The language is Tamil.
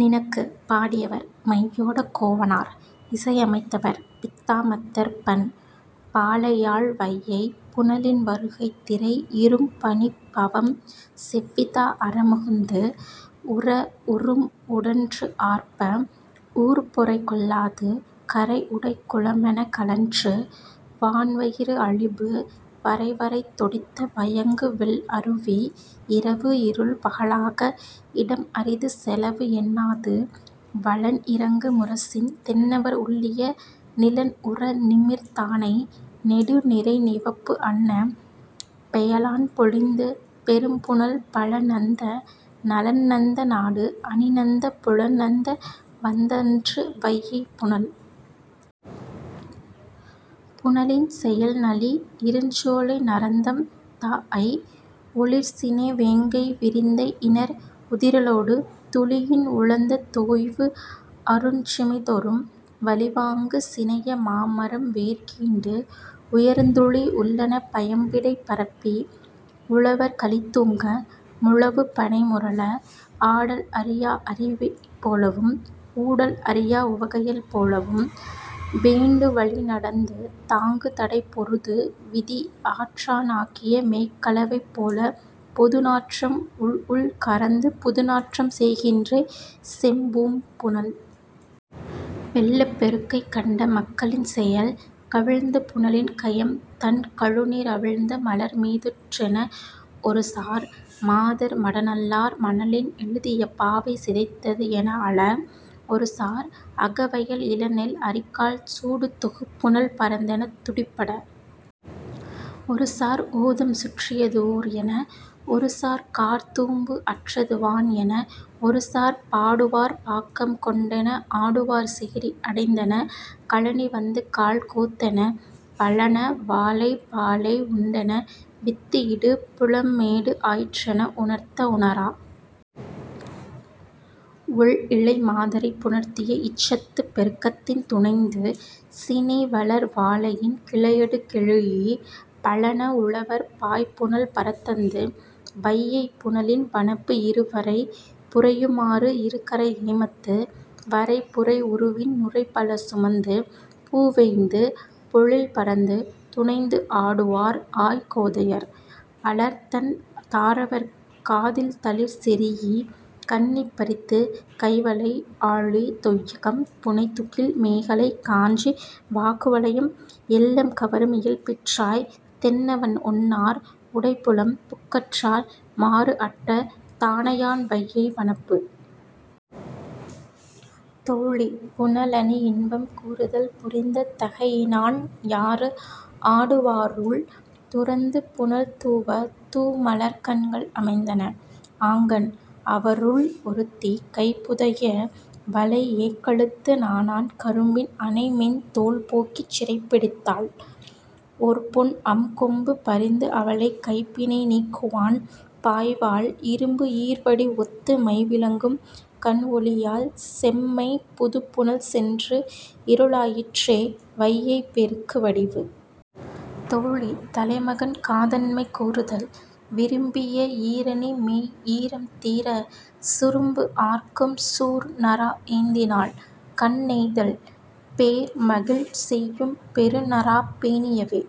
நினக்கு.। பாடியவர், மையோடக் கோவனார் இசையமைத்தவர், பித்தாமத்தர் பண், பாலையாழ் வையைப் புனலின் வருகை திரை இரும் பனிப் பௌவம் செவ்விதா அற முகந்து, உர உரும் உடன்று ஆர்ப்ப, ஊர் பொறை கொள்ளாது, கரை உடை குளமெனக் கழன்று, வான் வயிறு அழிபு, வரைவரை தொடித்த வயங்கு வெள் அருவி-- இரவு இருள் பகலாக, இடம் அரிது செலவு என்னாது, வலன் இரங்கு முரசின் தென்னவர் உள்ளிய நிலன் உற நிமிர் தானை நெடு நிரை நிவப்பு அன்ன-- பெயலான் பொலிந்து, பெரும் புனல் பல நந்த, நலன் நந்த நாடு அணி நந்தப் புலன் நந்த வந்தன்று, வையைப் புனல். புனலின் செயல் நளி இருஞ் சோலை நரந்தம் தாஅய், ஒளிர் சினை வேங்கை விரிந்த இணர் உதிரலொடு, துளியின் உழந்த தோய்வு அருஞ் சிமைதொறும் வளி வாங்கு சினைய மா மரம் வேர் கீண்டு, உய்ர்ந்துழி உள்ளன பயம்பிடைப் பரப்பி; உழவர் களி தூங்க, முழவு பணை முரல, ஆடல் அறியா அரிவை போலவும், ஊடல் அறியா உவகையள் போலவும், வேண்டு வழி நடந்து, தாங்கு தடை பொருது; விதி ஆற்றான் ஆக்கிய மெய்க் கலவை போலப் பொது நாற்றம் உள்உள் கரந்து, புது நாற்றம் செய்கின்றே, செம் பூம் புனல். வெள்ளப் பெருக்கைக் கண்ட மக்களின் செயல் 'கவிழ்ந்த புனலின் கயம் தண் கழுநீர் அவிழ்ந்த மலர் மீதுற்றென, ஒருசார்; மாதர் மடநல்லார், மணலின் எழுதிய பாவை சிதைத்தது' என அழ, ஒருசார்; 'அகவயல் இள நெல் அரிகால் சூடு தொகு புனல் பரந்தெனத் துடி பட, ஒருசார்; 'ஓதம் சுற்றியது ஊர்' என, ஒருசார்; 'கார் தூம்பு அற்றது வான்' என, ஒருசார்; 'பாடுவார் பாக்கம் கொண்டென, ஆடுவார் சேரி அடைந்தென, கழனி வந்து கால் கோத்தென, பழன வாளை பாளை உண்டென, வித்து இடு புலம் மேடு ஆயிற்றென, உணர்த்த உணரா ஒள் இழை மாதரைப் புணர்த்திய இச்சத்துப் பெருக்கத்தின் துனைந்து, சினை வளர் வாளையின் கிளையடு கெழீஇ, பழன உழவர், பாய் புனல் பரத்தந்து, வையைப் புனலின் வனப்பு இறு வரை புரையுமாறு இரு கரை ஏமத்து, வரை புரை உருவின் நுரை பல சுமந்து, பூ வேய்ந்து, பொழில் பரந்து; துனைந்து ஆடுவார் ஆய் கோதையர், அலர் தண் தாரவர், காதில் தளிர் செரீஇ, கண்ணி பறித்து; கை வளை, ஆழி, தொய்யகம், புனை துகில், மேகலை, காஞ்சி, வாகுவலயம், எல்லம் கவரும் இயல்பிற்றாய்: தென்னவன் ஒன்னார் உடை புலம் புக்கற்றால்---மாறு அட்ட தானையான் வையை வனப்பு. தோழி புனலணி இன்பம் கூறுதல் புரிந்த தகையினான் யாறு ஆடுவாருள் துரந்து புனல் தூவ, தூ மலர்க் கண்கள் அமைந்தன; ஆங்கண், அவருள் ஒருத்தி, கை புதைஇய வளை ஏக்கழுத்து நாணான் கரும்பின் அணை மென் தோள் போக்கிச் சிறைப்பிடித்தாள்; ஓர் பொன் அம் கொம்பு பரிந்து அவளைக் கைப் பிணை நீக்குவான் பாய்வாள்; இரும்பு ஈர் வடி ஒத்து மை விளங்கும் கண் ஒளியால் செம்மைப் புதுப் புனல் சென்று இருளாயிற்றே; வையைப் பெருக்கு வடிவு. தோழி தலைமகன் காதன்மை கூறுதல் விரும்பிய ஈரணி மெய் ஈரம் தீர, சுரும்பு ஆர்க்கும் சூர் நறா ஏந்தினாள் கண் நெய்தல்; பேர் மகிழ் செய்யும் பெரு நறாப் பேணியவே,